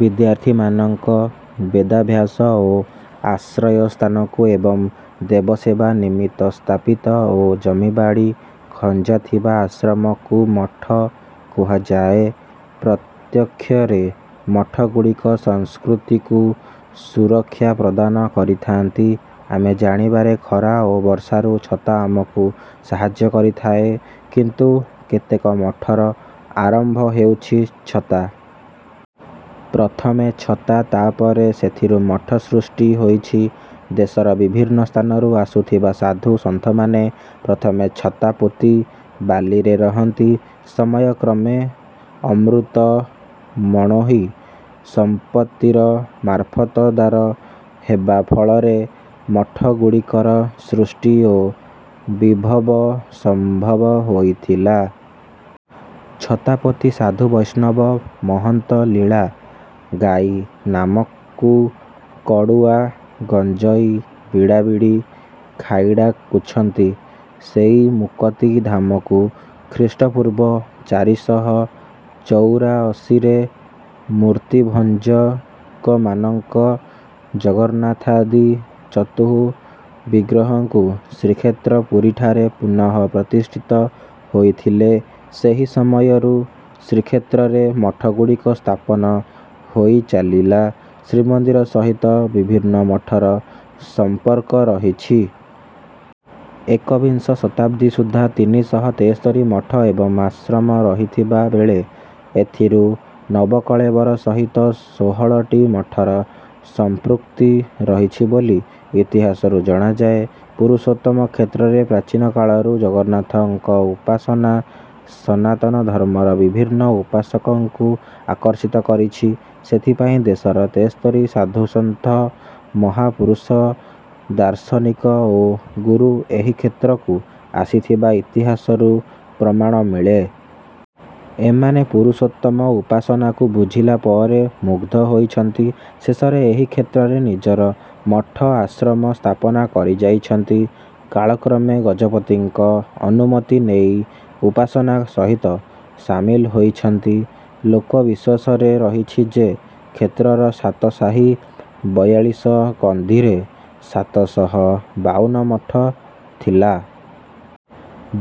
ବିଦ୍ୟାର୍ଥୀମାନଙ୍କ ବେଦାଭ୍ୟାସ ଓ ଆଶ୍ରୟ ସ୍ଥାନକୁ ଏବଂ ଦେବସେବା ନିମିତ୍ତ ସ୍ଥାପିତ ଓ ଜମି ବାଡ଼ି ଖଞ୍ଜାଥିବା ଆଶ୍ରମକୁ ମଠ କୁହାଯାଏ। ପ୍ରତ୍ୟକ୍ଷରେ ମଠଗୁଡ଼ିକ ସଂସ୍କୃତିକୁ ସୁରକ୍ଷା ପ୍ରଦାନ କରିଥାନ୍ତି। ଆମେ ଜାଣିବାରେ ଖରା ଓ ବର୍ଷାରୁ ଛତା ଆମକୁ ସାହାର୍ଯ୍ୟ କରିଥାଏ। କିନ୍ତୁ କେତେକ ମଠର ଆରମ୍ଭ ହେଉଛି ଛତା। ପ୍ରଥମେ ଛତା ତାପରେ ସେଥିରୁ ମଠ ସୃଷ୍ଟି ହୋଇଛି। ଦେଶର ବିଭିନ୍ନ ସ୍ଥାନରୁ ଆସୁଥିବା ସାଧୁ ସନ୍ଥମାନେ ପ୍ରଥମେ ଛତା ପୋତି ବାଲିରେ ରହନ୍ତି। ସମୟ କ୍ରମେ ଅମୃତ ମଣୋହି ସମ୍ପତ୍ତିର ମାର୍ଫତଦାର ହେବା ଫଳରେ ମଠ ଗୁଡିକର ସୃଷ୍ଟି ଓ ବିଭବ ସମ୍ଭବ ହୋଇଥିଲା। ଛତାପୋତି ସାଧୁ ବୈଷ୍ଣବ ମହନ୍ତ ଲୀଳା ଗାଇ ନାମକୁକଡୁଆ ଗଞ୍ଜଇ ବିଡାବିଡି ଖାଇଡାକୁଛନ୍ତି ସେଇ ମୁକତି ଧାମକୁ। ଖ୍ରୀଷ୍ଟପୂର୍ବ ଚାରି ଶହ ଚଉରାଅଶୀରେ ମୂର୍ତ୍ତିଭଞ୍ଜକମାନଙ୍କ ଜଗନ୍ନାଥାଦି ଚତୁଃବିଗ୍ରହଙ୍କୁ ଶ୍ରୀକ୍ଷେତ୍ର ପୁରୀଠାରେ ପୁନଃ ପ୍ରତିଷ୍ଠିତ ହୋଇଥିଲେ। ସେହି ସମୟରୁ ଶ୍ରୀକ୍ଷେତ୍ରରେ ମଠଗୁଡ଼ିକ ସ୍ଥାପନ ହୋଇଚାଲିଲା। ଶ୍ରୀମନ୍ଦିର ସହିତ ବିଭିନ୍ନ ମଠର ସମ୍ପର୍କ ରହିଛି। ଏକବିଂଶ ଶତାବ୍ଦୀ ସୁଦ୍ଧା ତିନି ଶହ ତେସ୍ତରୀ ମଠ ଏବଂ ଆଶ୍ରମ ରହିଥିବା ବେଳେ ସେଥିରୁ ନବକଳେବର ସହିତ ଷୋହଳଟି ମଠର ସମ୍ପୃକ୍ତି ରହିଛି ବୋଲି ଇତିହାସରୁ ଜଣାଯାଏ। ପୁରୁଷୋତ୍ତମ କ୍ଷେତ୍ରରେ ପ୍ରାଚୀନକାଳରୁ ଜଗନ୍ନାଥଙ୍କ ଉପାସନା ସନାତନ ଧର୍ମର ବିଭିନ୍ନ ଉପାସକଙ୍କୁ ଆକର୍ଷିତ କରିଛି। ସେଥିପାଇଁ ଦେଶର ତେସ୍ତରୀ ସାଧୁସନ୍ଥ ମହାପୁରୁଷ ଦାର୍ଶନିକ ଓ ଗୁରୁ ଏହି କ୍ଷେତ୍ରକୁ ଆସିଥିବା ଇତିହାସରୁ ପ୍ରମାଣ ମିଳେ। ଏମାନେ ପୁରୁଷୋତ୍ତମ ଉପାସନାକୁ ବୁଝିଲା ପରେ ମୁଗ୍ଧ ହୋଇଛନ୍ତି। ଶେଷରେ ଏହି କ୍ଷେତ୍ରରେ ନିଜର ମଠ ଆଶ୍ରମ ସ୍ଥାପନା କରିଯାଇଛନ୍ତି। କାଳକ୍ରମେ ଗଜପତିଙ୍କ ଅନୁମତି ନେଇ ଉପାସନା ସହିତ ସାମିଲ ହୋଇଛନ୍ତି। ଲୋକ ବିଶ୍ୱାସରେ ରହିଛି ଯେ କ୍ଷେତ୍ରର ସାତ ସାହି ବୟାଳିଶ କନ୍ଦିରେ ସାତ ଶହ ବାଉନ ମଠ ଥିଲା।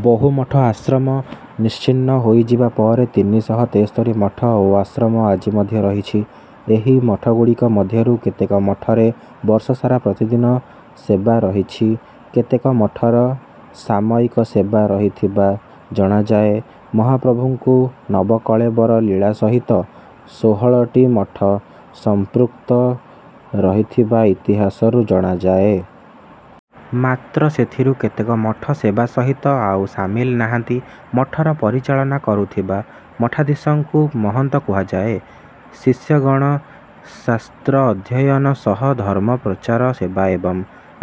ବହୁ ମଠ ଆଶ୍ରମ ନିଶ୍ଚିହ୍ନ ହୋଇଯିବା ପରେ ତିନି ଶହ ତେସ୍ତରୀ ମଠ ଓ ଆଶ୍ରମ ଆଜି ମଧ୍ୟ ରହିଛି। ଏହି ମଠଗୁଡ଼ିକ ମଧ୍ୟରୁ କେତେକ ମଠରେ ବର୍ଷସାରା ପ୍ରତିଦିନ ସେବା ରହିଛି। କେତେକ ମଠର ସାମୟିକ ସେବା ରହିଥିବା ଜଣାଯାଏ। ମହାପ୍ରଭୁଙ୍କୁ ନବକଳେବର ଲୀଳା ସହିତ ଷୋହଳଟି ମଠ ସମ୍ପୃକ୍ତ ରହିଥିବା ଇତିହାସରୁ ଜଣାଯାଏ। ମାତ୍ର ସେଥିରୁ କେତେକ ମଠ ସେବା ସହିତ ଆଉ ସାମିଲ ନାହାନ୍ତି। ମଠର ପରିଚାଳନା କରୁଥିବା ମଠାଧୀଶ ଙ୍କୁ ମହନ୍ତ କୁହାଯାଏ। ଶିଷ୍ୟଗଣ ଶାସ୍ତ୍ର ଅଧ୍ୟୟନ ସହ ଧର୍ମ ପ୍ରଚାର ସେବା ଏବଂ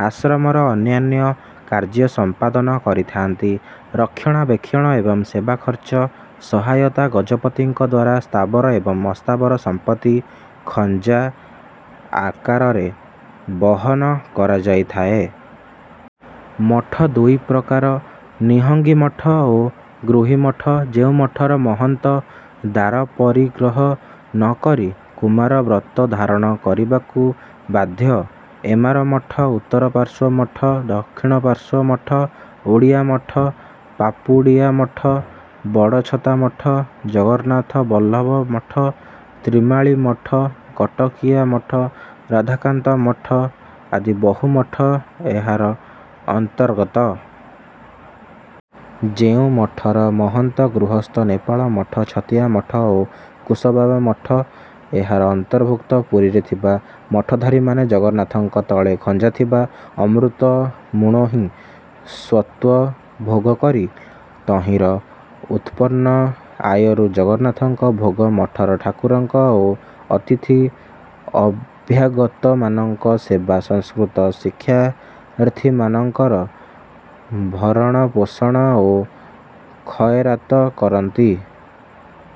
ଆଶ୍ରମର ଅନ୍ୟାନ୍ୟ କାର୍ଯ୍ୟ ସମ୍ପାଦନ କରିଥାନ୍ତି। ରକ୍ଷଣାବେକ୍ଷଣ ଏବଂ ସେବା ଖର୍ଚ୍ଚ ସହାୟତା ଗଜପତିଙ୍କଦ୍ୱାରା ସ୍ଥାବର ଏବଂ ଅସ୍ଥାବର ସମ୍ପତି ଖଞ୍ଜା ଆକାରରେ ବହନ କରାଯାଇଥାଏ। ମଠ ଦୁଇ ପ୍ରକାର ନିହଙ୍ଗି ମଠ ଓ ଗୃହୀ ମଠ ଯେଉଁ ମଠର ମହନ୍ତ ଦାରପରିଗ୍ରହ ନ କରି କୁମାର ବ୍ରତ ଧାରଣ କରିବାକୁ ବାଧ୍ୟ। ଏମାର ମଠ ଉତ୍ତରପାର୍ଶ୍ୱ ମଠ ଦକ୍ଷିଣପାର୍ଶ୍ୱ ମଠ ଓଡ଼ିଆ ମଠ ପାପୁଡ଼ିଆ ମଠ ବଡ଼ଛତା ମଠ ଜଗନ୍ନାଥ ବଲ୍ଲଭ ମଠ ତ୍ରିମାଳି ମଠ କଟକିଆ ମଠ ରାଧାକାନ୍ତ ମଠ ଆଦି ବହୁ ମଠ ଏହାର ଅନ୍ତର୍ଗତ। ଯେଉଁ ମଠର ମହନ୍ତ ଗୃହସ୍ଥ। ନେମାଳ ମଠ ଛତିଆ ମଠ ଓ କୁଶବାବା ମଠ ଏହାର ଅନ୍ତଭୁକ୍ତ। ପୁରୀରେ ଥିବା ମଠଧାରୀମାନେ ଜଗନ୍ନାଥଙ୍କ ତଳେ ଖଞ୍ଜାଥିବା ଅମୃତମୁଣୋହିଁ ସ୍ୱତ୍ୱ ଭୋଗ କରି ତହିଁର ଉତ୍ପନ୍ନ ଆୟରୁ ଜଗନ୍ନାଥଙ୍କ ଭୋଗ ମଠର ଠାକୁରଙ୍କ ଓ ଅତିଥି ଅଭ୍ୟାଗତମାନଙ୍କ ସେବା ସଂସ୍କୃତ ଶିକ୍ଷାର୍ଥୀମାନଙ୍କର ଭରଣପୋଷଣ ଓ ଖଏରାତ କରନ୍ତି।